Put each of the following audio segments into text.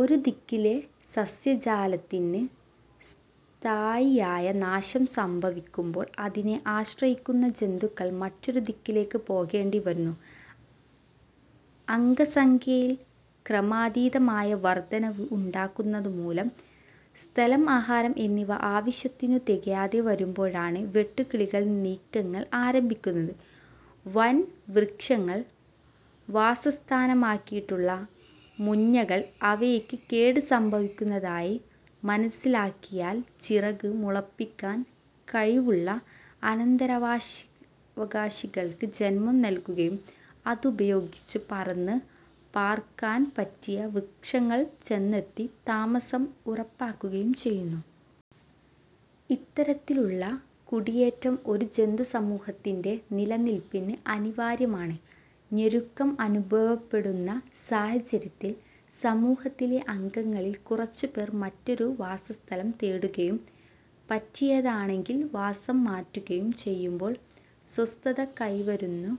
ഒരു ദിക്കിലെ സസ്യജാലത്തിന് സ്ഥായിയായ നാശം സംഭവിക്കുമ്പോൾ അതിനെ ആശ്രയിക്കുന്ന ജന്തുക്കൾക്ക് മറ്റൊരു ദിക്കിലേക്ക് പോകേണ്ടിവരുന്നു. അംഗസംഖ്യയിൽ ക്രമാതീതമായ വർധനവ് ഉണ്ടാകുന്നതുമൂലം സ്ഥലം, ആഹാരം എന്നിവ ആവശ്യത്തിനു തികയാതെ വരുമ്പോഴാണ് വെട്ടുകിളികൾ നീക്കങ്ങൾ ആരംഭിക്കുന്നത്. വൻ വൃക്ഷങ്ങൾ വാസസ്ഥാനമാക്കിയിട്ടുള്ള മുഞ്ഞകൾ അവയ്ക്ക് കേട് സംഭവിക്കുന്നതായി മനസ്സിലാക്കിയാൽ ചിറക് മുളപ്പിക്കാൻ കഴിവുള്ള അനന്തരാവകാശികൾക്ക് ജന്മം നല്കുകയും അതുപയോഗിച്ച് പറന്ന് പാർക്കാൻ പറ്റിയ വൃക്ഷങ്ങളിൽ ചെന്നെത്തി താമസം ഉറപ്പാക്കുകയും ചെയ്യുന്നു. ഇത്തരത്തിലുള്ള കുടിയേറ്റം ഒരു ജന്തുസമൂഹത്തിന്റെ നിലനില്പിന് അനിവാര്യമാണ്. ഞെരുക്കം അനുഭവപ്പെടുന്ന സാഹചര്യത്തിൽ സമൂഹത്തിലെ അംഗങ്ങളിൽ കുറച്ചുപേർ മറ്റൊരു വാസസ്ഥലം തേടുകയും, പറ്റിയതാണെങ്കിൽ വാസം മാറ്റുകയും ചെയ്യുമ്പോൾ സ്വസ്ഥത കൈവരുന്നു.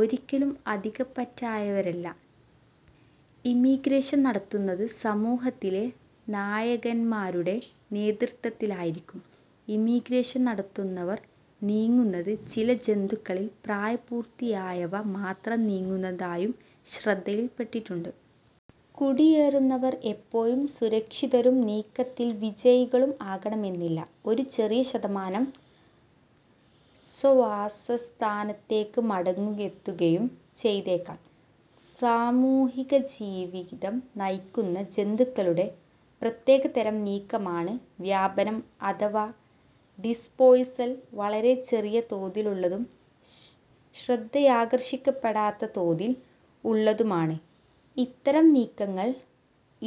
ഒരിക്കലും അധികപ്പറ്റായവരല്ല ഇമിഗ്രേഷൻ നടത്തുന്നത്. സമൂഹത്തിലെ നായകന്മാരുടെ നേതൃത്വത്തിലായിരിക്കും ഇമിഗ്രേഷൻ നടത്തുന്നവർ നീങ്ങുന്നത്. ചില ജന്തുക്കളിൽ പ്രായപൂർത്തിയായവ മാത്രം നീങ്ങുന്നതായും ശ്രദ്ധയിൽപ്പെട്ടിട്ടുണ്ട്. കുടിയേറുന്നവർ എപ്പോഴും സുരക്ഷിതരും നീക്കത്തിൽ വിജയികളും ആകണമെന്നില്ല. ഒരു ചെറിയ ശതമാനം സ്വവാസസ്ഥാനത്തേക്ക് മടങ്ങിയെത്തുകയും ചെയ്തേക്കാം. സാമൂഹികജീവിതം നയിക്കുന്ന ജന്തുക്കളുടെ പ്രത്യേകതരം നീക്കമാണ് വ്യാപനം അഥവാ ഡിസ്പേഴ്സൽ. വളരെ ചെറിയ തോതിലുള്ളതും ശ്രദ്ധയാകർഷിക്കപ്പെടാത്ത തോതിൽ ഉള്ളതുമാണ് ഇത്തരം നീക്കങ്ങൾ.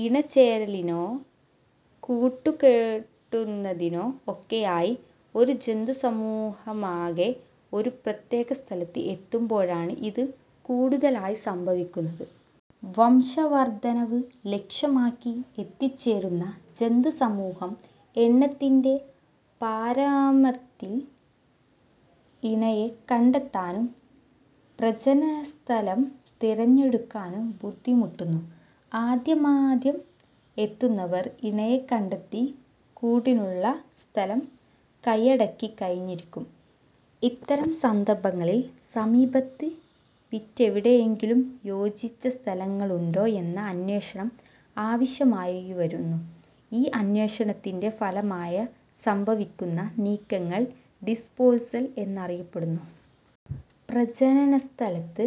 ഇണചേരലിനോ കൂടുകെട്ടുന്നതിനോ ഒക്കെ ആയി ഒരു ജന്തുസമൂഹമാകെ ഒരു പ്രത്യേക സ്ഥലത്ത് എത്തുമ്പോഴാണ് ഇത് കൂടുതലായി സംഭവിക്കുന്നത്. വംശവർധനവ് ലക്ഷ്യമാക്കി എത്തിച്ചേരുന്ന ജന്തുസമൂഹം എണ്ണത്തിന്റെ പരമത്തെ ഇണയെ കണ്ടെത്താനും പ്രജനനസ്ഥലം തിരഞ്ഞെടുക്കാനും ബുദ്ധിമുട്ടുന്നു. ആദ്യമാദ്യം എത്തുന്നവർ ഇണയെ കണ്ടെത്തി കൂടിനുള്ള സ്ഥലം കയ്യടക്കിക്കഴിഞ്ഞിരിക്കും. ഇത്തരം സന്ദർഭങ്ങളിൽ സമീപത്ത് മറ്റെവിടെയെങ്കിലും യോജിച്ച സ്ഥലങ്ങളുണ്ടോ എന്ന അന്വേഷണം ആവശ്യമായിവരുന്നു. ഈ അന്വേഷണത്തിന്റെ ഫലമായി സംഭവിക്കുന്ന നീക്കങ്ങൾ ഡിസ്പേഴ്സൽ എന്നറിയപ്പെടുന്നു. പ്രജനനസ്ഥലത്ത്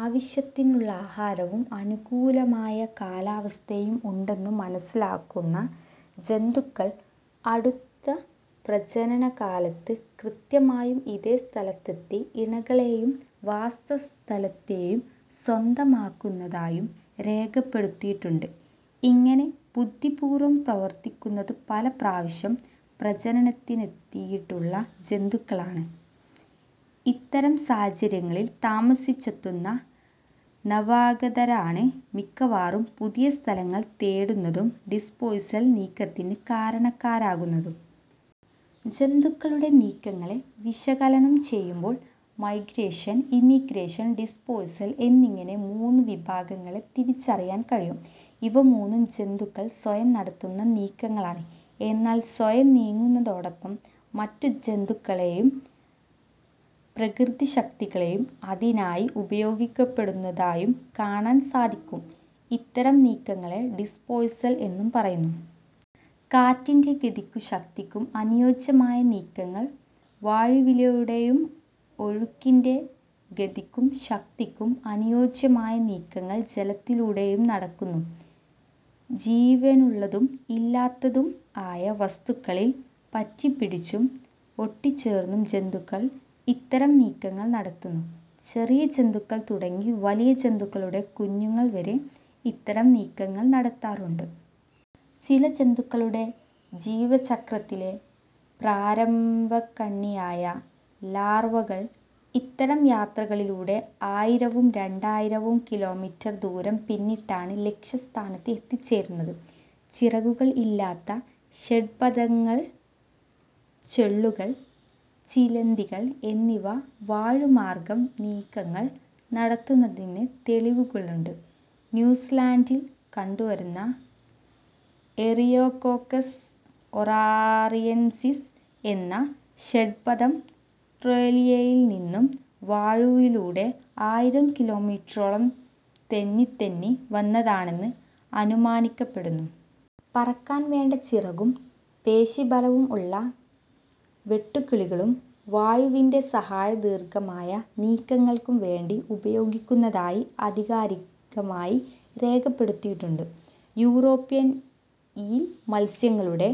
ആവശ്യത്തിനുള്ള ആഹാരവും അനുകൂലമായ കാലാവസ്ഥയും ഉണ്ടെന്നു മനസ്സിലാക്കുന്ന ജന്തുക്കൾ അടുത്ത പ്രജനനകാലത്ത് കൃത്യമായും ഇതേ സ്ഥലത്തെത്തി ഇണകളെയും വാസസ്ഥലത്തെയും സ്വന്തമാക്കുന്നതായും രേഖപ്പെടുത്തിയിട്ടുണ്ട്. ഇങ്ങനെ ബുദ്ധിപൂർവം പ്രവർത്തിക്കുന്നത് പല പ്രാവശ്യം പ്രജനനത്തിനെത്തിയിട്ടുള്ള ജന്തുക്കളാണ്. ഇത്തരം സാഹചര്യങ്ങളിൽ താമസിച്ചെത്തുന്ന നവാഗതരാണ് മിക്കവാറും പുതിയ സ്ഥലങ്ങൾ തേടുന്നതും ഡിസ്പേഴ്സൽ നീക്കത്തിന് കാരണക്കാരാകുന്നതും. ജന്തുക്കളുടെ നീക്കങ്ങളെ വിശകലനം ചെയ്യുമ്പോൾ മൈഗ്രേഷൻ, ഇമിഗ്രേഷൻ, ഡിസ്പേഴ്സൽ എന്നിങ്ങനെ മൂന്ന് വിഭാഗങ്ങളെ തിരിച്ചറിയാൻ കഴിയും. ഇവ മൂന്നും ജന്തുക്കൾ സ്വയം നടത്തുന്ന നീക്കങ്ങളാണ്. എന്നാൽ സ്വയം നീങ്ങുന്നതോടൊപ്പം മറ്റു ജന്തുക്കളെയും പ്രകൃതിശക്തികളെയും അതിനായി ഉപയോഗപ്പെടുത്തുന്നതായും കാണാൻ സാധിക്കും. ഇത്തരം നീക്കങ്ങളെ ഡിസ്പേർസൺ എന്നു പറയുന്നു. കാറ്റിന്റെ ഗതിക്കും ശക്തിക്കും അനുയോജ്യമായ നീക്കങ്ങൾ വായുവിലൂടെയും, ഒഴുക്കിന്റെ ഗതിക്കും ശക്തിക്കും അനുയോജ്യമായ നീക്കങ്ങൾ ജലത്തിലൂടെയും നടക്കുന്നു. ജീവനുള്ളതും ഇല്ലാത്തതും ആയ വസ്തുക്കളിൽ പറ്റിപ്പിടിച്ചും ഒട്ടിച്ചേർന്നും ജന്തുക്കൾ ഇത്തരം നീക്കങ്ങൾ നടത്തുന്നു. ചെറിയ ജന്തുക്കൾ തുടങ്ങി വലിയ ജന്തുക്കളുടെ കുഞ്ഞുങ്ങൾ വരെ ഇത്തരം നീക്കങ്ങൾ നടത്താറുണ്ട്. ചില ജന്തുക്കളുടെ ജീവിതചക്രത്തിലെ പ്രാരംഭകണ്ണിയായ 'ലാർവകൾ' ഇത്തരം യാത്രകളിലൂടെ ആയിരവും രണ്ടായിരവും കിലോമീറ്റർ ദൂരം പിന്നിട്ടാണ് ലക്ഷ്യസ്ഥാനത്ത് എത്തിച്ചേരുന്നത്. ചിറകുകൾ ഇല്ലാത്ത ഷഡ്പദങ്ങൾ, ചെള്ളുകൾ, ചിലന്തികൾ എന്നിവ വായുമാർഗ്ഗം നീക്കങ്ങൾ നടത്തുന്നതിന് തെളിവുകളുണ്ട്. ന്യൂസിലൻഡിൽ കണ്ടുവരുന്ന എറിയോകോക്കസ് ഒറാറിയൻസിസ് എന്ന ഷഡ്പദം ആസ്റ്റ്രേലിയയിൽനിന്ന് വായുവിലൂടെ ആയിരം കിലോമീറ്ററോളം തെന്നിത്തെന്നി വന്നതാണെന്ന് അനുമാനിക്കപ്പെടുന്നു. പറക്കാൻവേണ്ട ചിറകും പേശീ ബലവും ഉള്ള വെട്ടുകിളികളും വായുവിന്റെ സഹായം ദീർഘമായ നീക്കങ്ങൾക്കുവേണ്ടി ഉപയോഗിക്കുന്നതായി ആധികാരികമായി രേഖപ്പെടുത്തിയിട്ടുണ്ട്. യൂറോപ്യൻ ഈൽ മത്സ്യങ്ങളുടെ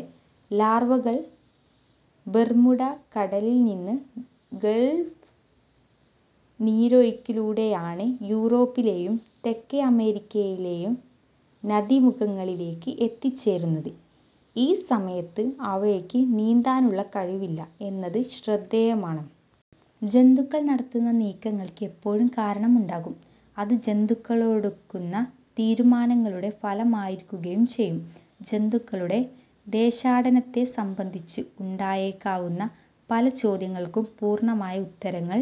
ലാർവകൾ ബെർമുഡ കടലിൽനിന്ന് ഗൾഫ് നീരൊഴിക്കിലൂടെയാണ് യൂറോപ്പിലെയും തെക്കേ അമേരിക്കയിലെയും നദീമുഖങ്ങളിലേക്ക് എത്തിച്ചേരുന്നത്. ഈ സമയത്ത് അവയ്ക്ക് നീന്താനുള്ള കഴിവില്ല എന്നത് ശ്രദ്ധേയമാണ്. ജന്തുക്കൾ നടത്തുന്ന നീക്കങ്ങൾക്ക് എപ്പോഴും കാരണം ഉണ്ടാകും; അത് ജന്തുക്കളെടുക്കുന്ന തീരുമാനങ്ങളുടെ ഫലമായിരിക്കുകയും ചെയ്യും. ജന്തുക്കളുടെ ദേശാടനത്തെ സംബന്ധിച്ച് ഉണ്ടായേക്കാവുന്ന പല ചോദ്യങ്ങൾക്കും പൂർണമായ ഉത്തരങ്ങൾ